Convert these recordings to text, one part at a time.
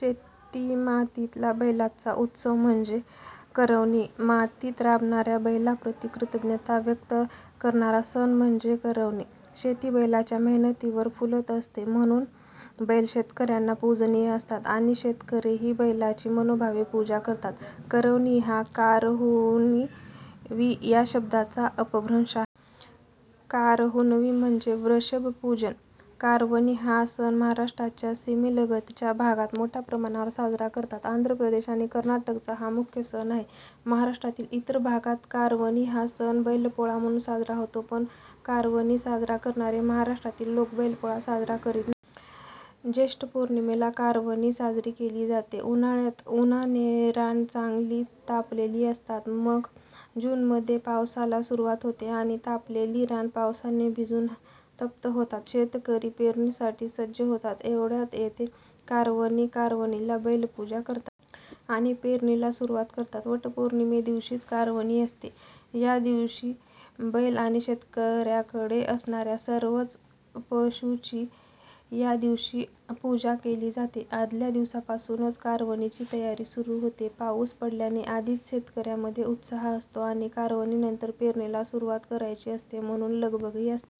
शेती-मातीतला बैलांचा उत्सव म्हणजे कारवनी. मातीत राबणाऱ्या बैलांप्रती कृतज्ञता व्यक्त करणारा सण म्हणजे कारवनी. शेती बैलांच्या मेहनतीवर फुलत असते. म्हणून बैल शेतकऱ्यांना पूजनीय असतात आणि शेतकरीही बैलांची मनोभावे पूजा करतात. 'कारवनी' हा 'कारहुणवी' या शब्दाचा अपभ्रंश आहे. कारहुणवी म्हणजे व्रषभपूजन. कारवणी हा सण महाराष्ट्राच्या सीमेलगतच्या भागात मोठ्या प्रमाणावर साजरा करतात. आंध्रप्रदेश आणि कर्नाटकचा हा मुख्य सण आहे. महाराष्ट्रातील इतर भागात कारवणी हा सण 'बैलपोळा' म्हणून साजरा होतो. पण कारवनी साजरा करणारे महाराष्ट्रातील लोक बैलपोळा साजरा करीत नाहीत. ज्येष्ठ पौर्णिमेला कारवनी साजरी केली जाते. उन्हाळ्यात उन्हाने रानं चांगली तापलेली असतात. मग जूनमध्ये पावसाला सुरुवात होते आणि तापलेली रानं पावसाने भिजून तप्त होतात. शेतकरी पेरणीसाठी सज्ज होतात. एवढ्यात येते कारवनी. कारवनीला बैलांची पूजा करतात. आणि पेरणीला सुरुवात करतात. वटपौर्णिमेदिवशीच कारवनी असते. या दिवशी बैल आणि शेतकऱ्यांकडे असणाऱ्या सर्वच पशूंची यादिवशी पूजा केली जाते. आदल्या दिवसापासूनच कारवनीची तयारी सुरू होते. पाऊस पडल्याने आधीच शेतकऱ्यांमध्ये उत्साह असतो. आणि कारवनीनंतर पेरणीला सुरुवात करायची असते म्हणून लगबगही असते.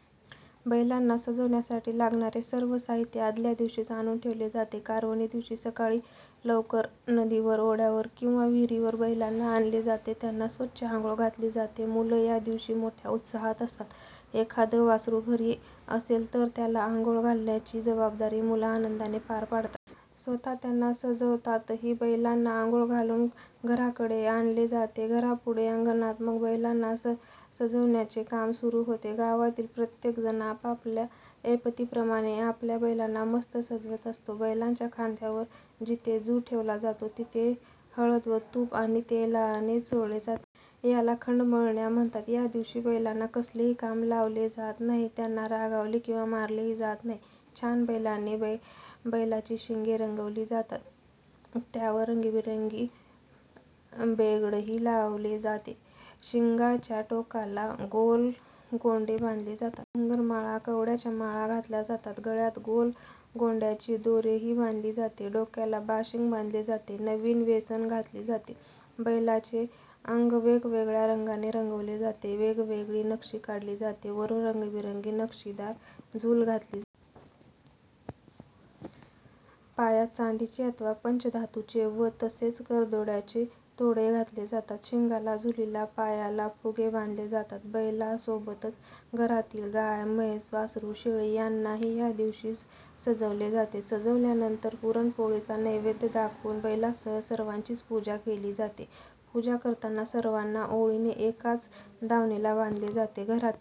बैलांना सजवण्यासाठी लागणारे सर्व साहित्य आदल्यादिवशीच आणून ठेवले जाते. कारवनीदिवशी सकाळी लवकर नदीवर, ओढ्यावर किंवा विहिरीवर बैलांना आणले जाते. त्यांना स्वच्छ आंघोळ घातली जाते. मुलं या दिवशी मोठ्या उत्साहात असतात. एखादं वासरू घरी असेल तर त्याला अंघोळ घालण्याची जबाबदारी मुलं आनंदाने पार पाडतात. स्वतः त्यांना सजवतातही. बैलांना अंघोळ घालून घराकडे आणले जाते. घरापुढे अंगणात मग बैलांना सजवण्याचे काम सुरू होते. गावातील प्रत्येकजण आपापल्या ऐपतीप्रमाणे आपल्या बैलांना मस्त सजवत असतो. बैलांच्या खांद्यावर जिथे जू ठेवला जातो तिथे हळद व तूप किंवा तेलाने चोळले जाते. याला खंडमळण्या म्हणतात. या दिवशी बैलांना कसलेही काम लावले जात नाही. त्यांना रागावले किंवा मारलेही जात नाही. छान रंगाने बैलांची शिंगे रंगवली जातात. त्यावर रंगीबेरंगी बेगडही लावले जाते. शिंगाच्या टोकाला गोल गोंडे बांधले जातात. गळ्यात घुंगुरमाळा, कवड्याच्या माळा घातल्या जातात. गळ्यात गोल गोंड्याची दोरीही बांधली जाते. डोक्याला बाशिंग बांधले जाते. नवीन वेसण घातली जाते. बैलांचे अंग वेगवेगळ्या रंगाने रंगवले जाते. वेगवेगळी नक्षी काढली जाते. वरून रंगीबेरंगी नक्षीदार झूल घातली जाते. पायात चांदीचे अथवा पंचधातूचे व तसेच करदोऱ्याचे तोडे घातले जातात. शिंगाला, झूलीला, पायाला फुगे बांधले जातात. बैलांसोबतच घरातील गाय, म्हैस, वासरू, शेळी यांनाही या दिवशी सजवले जाते. सजवल्यानंतर पुरणपोळीचा नैवेद्य दाखवून बैलांसह सर्वांचीच पूजा केली जाते. पूजा करताना सर्वांना ओळीने एकाच दावणीला बांधले जाते. घरातील